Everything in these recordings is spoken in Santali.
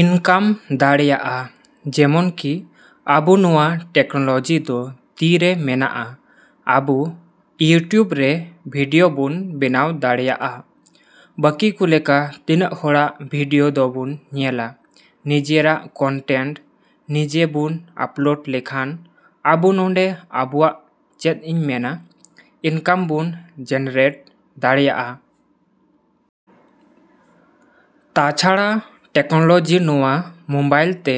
‎ᱤᱱᱠᱟᱢ ᱫᱟᱲᱮᱭᱟᱜᱼᱟ᱾ ᱡᱮᱢᱚᱱᱠᱤ ᱟᱵᱚ ᱱᱚᱣᱟ ᱴᱮᱠᱱᱳᱞᱚᱡᱤ ᱫᱚ ᱛᱤᱨᱮ ᱢᱮᱱᱟᱜᱼᱟ, ᱟᱵᱚ ᱤᱭᱩᱴᱤᱭᱩᱵᱽ ᱨᱮ ᱵᱷᱤᱰᱭᱳ ᱵᱚᱱ ᱵᱮᱱᱟᱣ ᱫᱟᱲᱮᱭᱟᱜᱼᱟ᱾ ᱵᱟᱹᱠᱤ ᱠᱚ ᱞᱮᱠᱟ ᱛᱤᱱᱟᱹᱜ ᱦᱚᱲᱟᱜ ᱵᱷᱤᱰᱭᱳ ᱫᱚᱵᱚᱱ ᱧᱮᱞᱟ, ᱱᱤᱡᱮᱨᱟᱜ ᱠᱚᱱᱴᱮᱱᱴ ᱱᱤᱡᱮ ᱵᱚᱱ ᱟᱯᱞᱳᱰ ᱞᱮᱠᱷᱟᱱ ᱟᱵᱚ ᱱᱚᱸᱰᱮ ᱟᱵᱚᱣᱟᱜ ᱪᱮᱫ ᱤᱧ ᱢᱮᱱᱟ ᱤᱱᱠᱟᱢ ᱵᱚᱱ ᱡᱮᱱᱟᱨᱮᱴ ᱫᱟᱲᱮᱭᱟᱜᱼᱟ᱾ ᱛᱟᱪᱷᱟᱲᱟ ᱴᱮᱠᱱᱳᱞᱚᱡᱤ ᱱᱚᱣᱟ ᱢᱳᱵᱟᱭᱤᱞᱛᱮ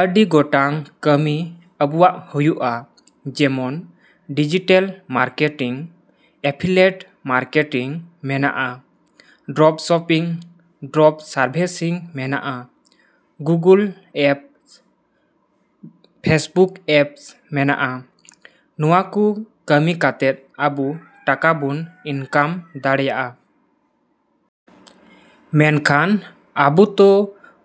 ᱟᱹᱰᱤ ᱜᱚᱴᱟᱝ ᱠᱟᱹᱢᱤ ᱟᱵᱚᱣᱟᱜ ᱦᱩᱭᱩᱜᱼᱟ᱾ ᱡᱮᱢᱚᱱ ᱰᱤᱡᱤᱴᱮᱞ ᱢᱟᱨᱠᱮᱴᱤᱝ, ᱮᱯᱷᱤᱞᱮᱴ ᱢᱟᱨᱠᱮᱴᱤᱝ ᱢᱮᱱᱟᱜᱼᱟ, ᱰᱨᱚᱯ ᱥᱚᱯᱤᱝ, ᱰᱨᱚᱯ ᱥᱟᱨᱵᱷᱤᱥᱤᱝ ᱢᱮᱱᱟᱜᱼᱟ, ᱜᱩᱜᱩᱞ ᱮᱰᱥ, ᱯᱷᱮᱥᱵᱩᱠ ᱮᱰᱥ ᱢᱮᱱᱟᱜᱼᱟ᱾ ᱱᱚᱣᱟᱠᱚ ᱠᱟᱹᱢᱤ ᱠᱟᱛᱮᱫ ᱟᱵᱚ ᱴᱟᱠᱟ ᱵᱚᱱ ᱤᱱᱠᱟᱢ ᱫᱟᱲᱮᱭᱟᱜᱼᱟ᱾ ᱢᱮᱱᱠᱷᱟᱱ ᱟᱵᱚ ᱛᱚ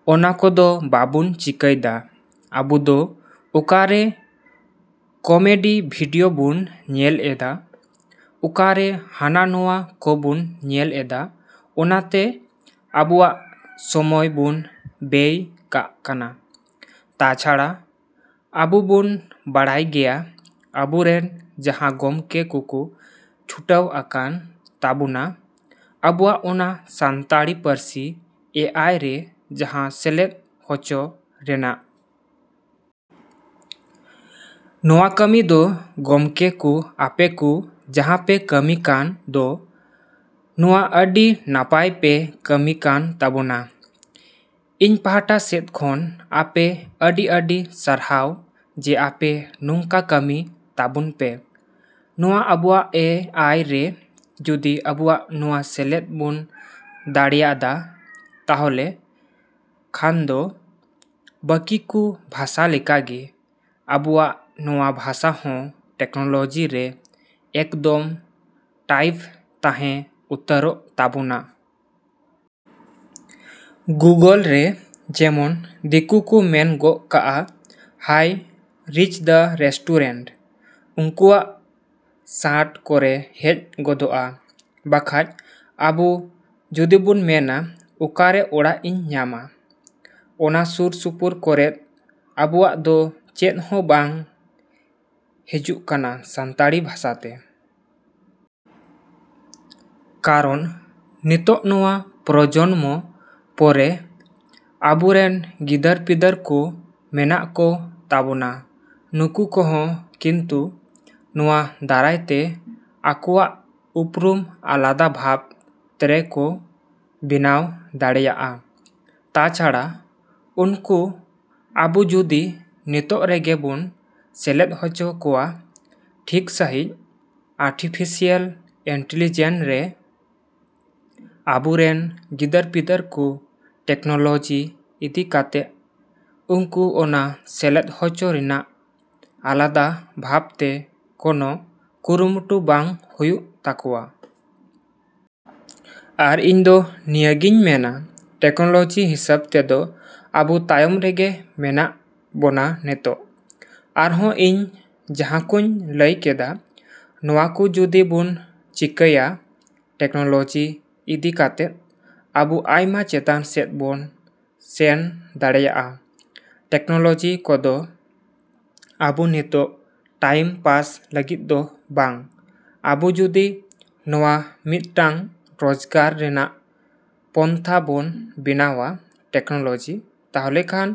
ᱚᱱᱟ ᱠᱚᱫᱚ ᱵᱟᱵᱚᱱ ᱪᱤᱠᱟᱹᱭᱫᱟ᱾ ᱟᱵᱚᱫᱚ ᱚᱠᱟᱨᱮ ᱠᱚᱢᱮᱰᱤ ᱵᱷᱤᱰᱭᱳ ᱵᱚᱱ ᱧᱮᱞ ᱮᱫᱟ, ᱚᱠᱟᱨᱮ ᱦᱟᱱᱟ ᱱᱚᱣᱟ ᱠᱚᱵᱚᱱ ᱧᱮᱞ ᱮᱫᱟ, ᱚᱱᱟᱛᱮ ᱟᱵᱚᱣᱟᱜ ᱥᱚᱢᱚᱭ ᱵᱚᱱ ᱵᱮᱭ ᱠᱟᱜ ᱠᱟᱱᱟ᱾ ᱛᱟᱪᱷᱟᱲᱟ ᱟᱵᱚᱵᱚᱱ ᱵᱟᱲᱟᱭ ᱜᱮᱭᱟ ᱟᱵᱚ ᱨᱮᱱ ᱡᱟᱦᱟᱸ ᱜᱚᱢᱠᱮ ᱠᱚᱠᱚ ᱪᱷᱩᱴᱟᱹᱣ ᱟᱠᱟᱱ ᱛᱟᱵᱚᱱᱟ ᱟᱵᱚᱣᱟᱜ ᱚᱱᱟ ᱥᱟᱱᱛᱟᱲᱤ ᱯᱟᱹᱨᱥᱤ ᱮ ᱟᱭ ᱨᱮ ᱡᱟᱦᱟᱸ ᱥᱮᱞᱮᱫ ᱦᱚᱪᱚ ᱨᱮᱱᱟᱜ᱾ ᱱᱚᱣᱟ ᱠᱟᱹᱢᱤ ᱫᱚ ᱜᱚᱢᱠᱮ ᱠᱚ ᱟᱯᱮ ᱠᱚ ᱡᱟᱦᱟᱸ ᱯᱮ ᱠᱟᱹᱢᱤ ᱠᱟᱱ ᱫᱚ ᱚᱱᱟ ᱟᱹᱰᱤ ᱱᱟᱯᱟᱭ ᱯᱮ ᱠᱟᱹᱢᱤ ᱠᱟᱱ ᱛᱟᱵᱚᱱᱟ᱾ ᱤᱧ ᱯᱟᱦᱟᱴᱟ ᱥᱮᱫ ᱠᱷᱚᱱ ᱟᱯᱮ ᱟᱹᱰᱤᱼᱟᱹᱰᱤ ᱥᱟᱨᱦᱟᱣ ᱡᱮ ᱟᱯᱮ ᱱᱚᱝᱠᱟ ᱠᱟᱹᱢᱤ ᱛᱟᱵᱚᱱ ᱯᱮ᱾ ᱱᱚᱣᱟ ᱟᱵᱚᱣᱟᱜ ᱮ ᱟᱭ ᱨᱮ ᱡᱩᱫᱤ ᱟᱵᱚᱣᱟᱜ ᱱᱚᱣᱟ ᱥᱮᱞᱮᱫ ᱵᱚᱱ ᱫᱟᱲᱮᱭᱟᱫᱟ, ᱛᱟᱦᱚᱞᱮ ᱠᱷᱟᱱ ᱫᱚ ᱵᱟᱹᱠᱤ ᱠᱚ ᱵᱷᱟᱥᱟ ᱞᱮᱠᱟᱜᱮ ᱟᱵᱚᱣᱟᱜ ᱱᱚᱣᱟ ᱵᱷᱟᱥᱟ ᱦᱚᱸ ᱴᱮᱠᱱᱳᱞᱚᱡᱤ ᱨᱮ ᱮᱠᱫᱚᱢ ᱴᱟᱭᱤᱯᱷ ᱛᱟᱦᱮᱸ ᱩᱛᱟᱹᱨᱚᱜ ᱛᱟᱵᱳᱱᱟ᱾ ᱜᱩᱜᱳᱞ ᱨᱮ ᱡᱮᱢᱚᱱ ᱫᱤᱠᱩ ᱠᱚ ᱢᱮᱱ ᱜᱚᱜ ᱠᱟᱜᱼᱟ 'ᱦᱟᱭ ᱨᱤᱪ ᱫᱟ ᱨᱮᱥᱴᱩᱨᱮᱱᱴ', ᱩᱱᱠᱩᱣᱟᱜ ᱥᱟᱴ ᱠᱚᱨᱮ ᱦᱮᱡ ᱜᱚᱫᱚᱜᱼᱟ᱾ ᱵᱟᱠᱷᱟᱡ ᱟᱵᱚ ᱡᱩᱫᱤ ᱵᱚᱱ ᱢᱮᱱᱟ 'ᱚᱠᱟᱨᱮ ᱚᱲᱟᱜ ᱤᱧ ᱧᱟᱢᱟ' ᱚᱱᱟ ᱥᱩᱨ ᱥᱩᱯᱩᱨ ᱠᱚᱨᱮᱫ ᱟᱵᱚᱣᱟᱜ ᱫᱚ ᱪᱮᱫ ᱦᱚᱸ ᱵᱟᱝ ᱦᱤᱡᱩᱜ ᱠᱟᱱᱟ ᱥᱟᱱᱛᱟᱞᱤ ᱵᱷᱟᱥᱟᱛᱮ᱾ ᱠᱟᱨᱚᱱ ᱱᱤᱛᱚᱜ ᱱᱚᱣᱟ ᱯᱨᱚᱡᱚᱱᱢᱚ ᱯᱚᱨᱮ ᱟᱵᱚᱨᱮᱱ ᱜᱤᱫᱟᱹᱨᱼᱯᱤᱫᱟᱹᱨ ᱠᱚ ᱢᱮᱱᱟᱜ ᱠᱚ ᱛᱟᱵᱚᱱᱟ, ᱱᱩᱠᱩ ᱠᱚᱦᱚᱸ ᱠᱤᱱᱛᱩ ᱱᱚᱣᱟ ᱫᱟᱨᱟᱭᱛᱮ ᱟᱠᱚᱣᱟᱜ ᱩᱯᱨᱩᱢ ᱟᱞᱟᱫᱟ ᱵᱷᱟᱵᱽ ᱛᱨᱮᱠᱚ ᱵᱮᱱᱟᱣ ᱫᱟᱲᱮᱭᱟᱜᱼᱟ᱾ ᱛᱟᱪᱷᱟᱲᱟ ᱩᱱᱠᱩ ᱟᱵᱚ ᱡᱩᱫᱤ ᱱᱤᱛᱚᱜ ᱨᱮᱜᱮ ᱵᱚᱱ ᱥᱮᱞᱮᱫ ᱦᱚᱪᱚ ᱠᱚᱣᱟ ᱴᱷᱤᱠ ᱥᱟᱺᱦᱤᱡ ᱟᱨᱴᱷᱤᱯᱷᱤᱥᱤᱭᱮᱞ ᱤᱱᱴᱤᱞᱤᱡᱮᱱᱥ ᱨᱮ, ᱟᱵᱚ ᱨᱮᱱ ᱜᱤᱫᱟᱹᱨᱼᱯᱤᱫᱟᱹᱨ ᱠᱚ ᱴᱮᱠᱱᱚᱞᱚᱡᱤ ᱤᱫᱤ ᱠᱟᱛᱮᱜ ᱩᱱᱠᱩ ᱚᱱᱟ ᱥᱮᱞᱮᱫ ᱦᱚᱪᱚ ᱨᱮᱱᱟᱜ ᱟᱞᱟᱫᱟ ᱵᱷᱟᱵᱽ ᱛᱮ ᱠᱳᱱᱳ ᱠᱩᱨᱩᱢᱩᱴᱩ ᱵᱟᱝ ᱦᱩᱭᱩᱜ ᱛᱟᱠᱚᱣᱟ᱾ ᱟᱨ ᱤᱧᱫᱚ ᱱᱤᱭᱟᱹᱜᱤᱧ ᱢᱮᱱᱟ ᱴᱮᱠᱱᱚᱞᱚᱡᱤ ᱦᱤᱥᱟᱹᱵ ᱛᱮᱫᱚ ᱟᱵᱚ ᱛᱟᱭᱚᱢ ᱨᱮᱜᱮ ᱢᱮᱱᱟᱜ ᱵᱚᱱᱟ ᱱᱤᱛᱚᱜ᱾ ᱟᱨᱦᱚᱸ ᱤᱧ ᱡᱟᱦᱟᱸᱠᱚᱧ ᱞᱟᱹᱭ ᱠᱮᱫᱟ, ᱱᱚᱣᱟᱠᱚ ᱡᱩᱫᱤ ᱵᱚᱱ ᱪᱤᱠᱟᱹᱭᱟ ᱴᱮᱠᱱᱳᱞᱚᱡᱤ ᱤᱫᱤ ᱠᱟᱛᱮᱫ ᱟᱵᱚ ᱟᱭᱢᱟ ᱪᱮᱛᱟᱱ ᱥᱮᱫ ᱵᱚᱱ ᱥᱮᱱ ᱫᱟᱲᱮᱭᱟᱜᱼᱟ᱾ ᱴᱮᱠᱱᱳᱞᱚᱡᱤ ᱠᱚᱫᱚ ᱟᱵᱚ ᱱᱤᱛᱚᱜ ᱴᱟᱭᱤᱢ ᱯᱟᱥ ᱞᱟᱹᱜᱤᱫ ᱫᱚ ᱵᱟᱝ, ᱟᱵᱚ ᱡᱩᱫᱤ ᱱᱚᱣᱟ ᱢᱤᱫᱴᱟᱱ ᱨᱳᱡᱽᱜᱟᱨ ᱨᱮᱱᱟᱜ ᱯᱚᱱᱛᱷᱟ ᱵᱚᱱ ᱵᱮᱱᱟᱣᱟ ᱴᱮᱠᱱᱳᱞᱚᱡᱤ, ᱛᱟᱦᱚᱞᱮ ᱠᱷᱟᱱ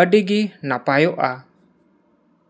ᱟᱹᱰᱤᱜᱮ ᱱᱟᱯᱟᱭᱚᱜᱼᱟ।